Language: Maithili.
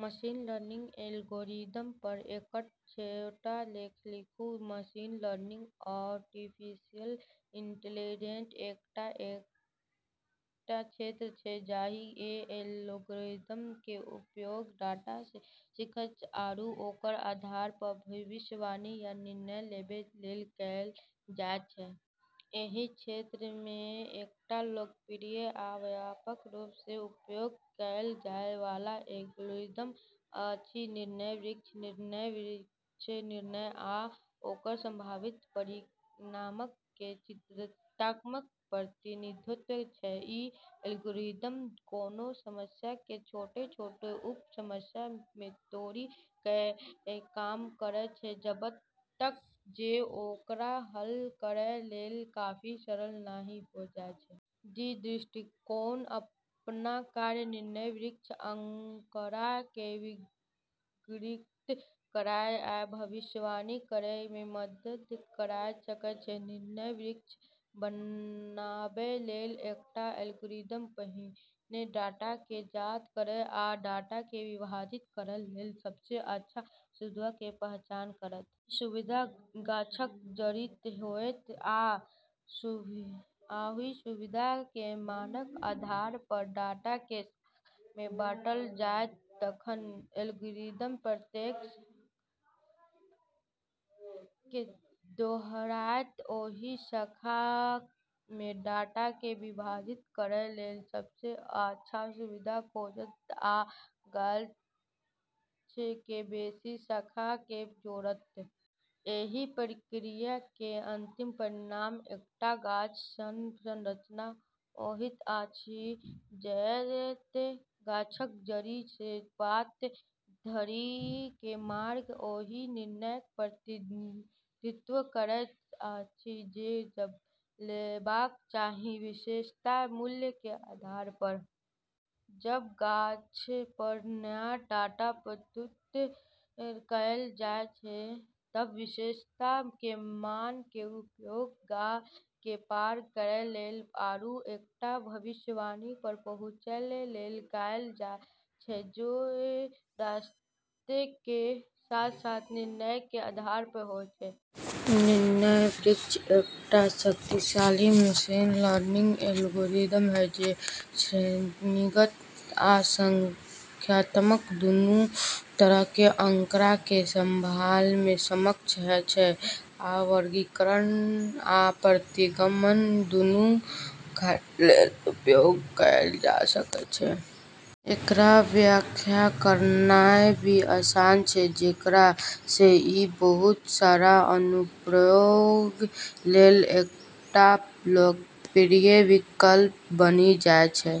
मशीन लर्निंग एल्गोरिदम पर एकटा छोट लेख लिखू। मशीन लर्निंग आर्टिफिशियल इंटेलिजेंस के एकटा क्षेत्र छै, जाहि मे एल्गोरिदम के उपयोग डाटा सँ सीखय आरू ओकरा आधार पर भविष्यवाणी या निर्णय लेबय लेल कयल जाय छै। एहि क्षेत्र मे एकटा लोकप्रिय आ व्यापक रूप सँ उपयोग कयल जाय वाला एल्गोरिदम अछि निर्णय वृक्ष। निर्णय वृक्ष निर्णय आ ओकर संभावित परिणामक के चित्रात्मक प्रतिनिधित्व छै। ई एल्गोरिदम कोनों समस्या के छोट-छोट उप-समस्या मे तोड़ि कय काम करैत छै जबतक जे ओकरा हल करै लेल काफी सरल नहि होय जाय छै। इ दृष्टिकोण अपना कय निर्णय वृक्ष आंकड़ा के वर्गीकृत करय आ भविष्यवाणी करय मे मदद कय सकैत छै। निर्णय वृक्ष बनाबय लेल एकटा एल्गोरिदम पहिने डाटा के जाँच करत आ डाटा के विभाजित करय लेल सबसे अच्छा सुविधा के पहचान करत। ई सुविधा गाछक जड़ि होयत, आ ओहि सुविधा के मानक आधार पर डाटा के शाखा मे बाँटल जायत। तखन एल्गोरिदम प्रत्येक शाखा लेल इ प्रक्रिया के दोहरायत, ओहि शाखा मे डाटा के विभाजित करय लेल सबसे अच्छा सुविधा खोजत आ गाछ मे बेसी शाखा के जोड़त। एहि प्रक्रिया के अंतिम परिणाम एकटा गाछ सन संरचना होइत अछि, जतय गाछक जड़ि सँ पात धरि के मार्ग ओहि निर्णयक प्रतिनिधित्व करैत अछि जे लेबाक चाही, विशेषता के मूल्य के आधार पर। जब गाछ पर नया डाटा प्रस्तुत कयल जाय छै त विशेषता के मान के उपयोग गाछ के पार करै लेल आरू एकटा भविष्यवाणी पर पहुँचय लेल कयल जाय छै, जे रास्ता के साथ-साथ निर्णय के आधार पर होय छै। निर्णय वृक्ष एकटा शक्तिशाली मशीन लर्निंग एल्गोरिदम छै, जे श्रेणीगत आ संख्यात्मक दुनू तरह के आंकड़ा के संभालय मे सक्षम छै, आ वर्गीकरण आ प्रतिगमन दुनू कार्य लेल उपयोग कयल जा सकैत छै। एकरा व्याख्या करनाय भी आसान छै, जेकरा सँ ई बहुत सारा अनुप्रयोग लेल एकटा लोकप्रिय विकल्प बनि जाय छै।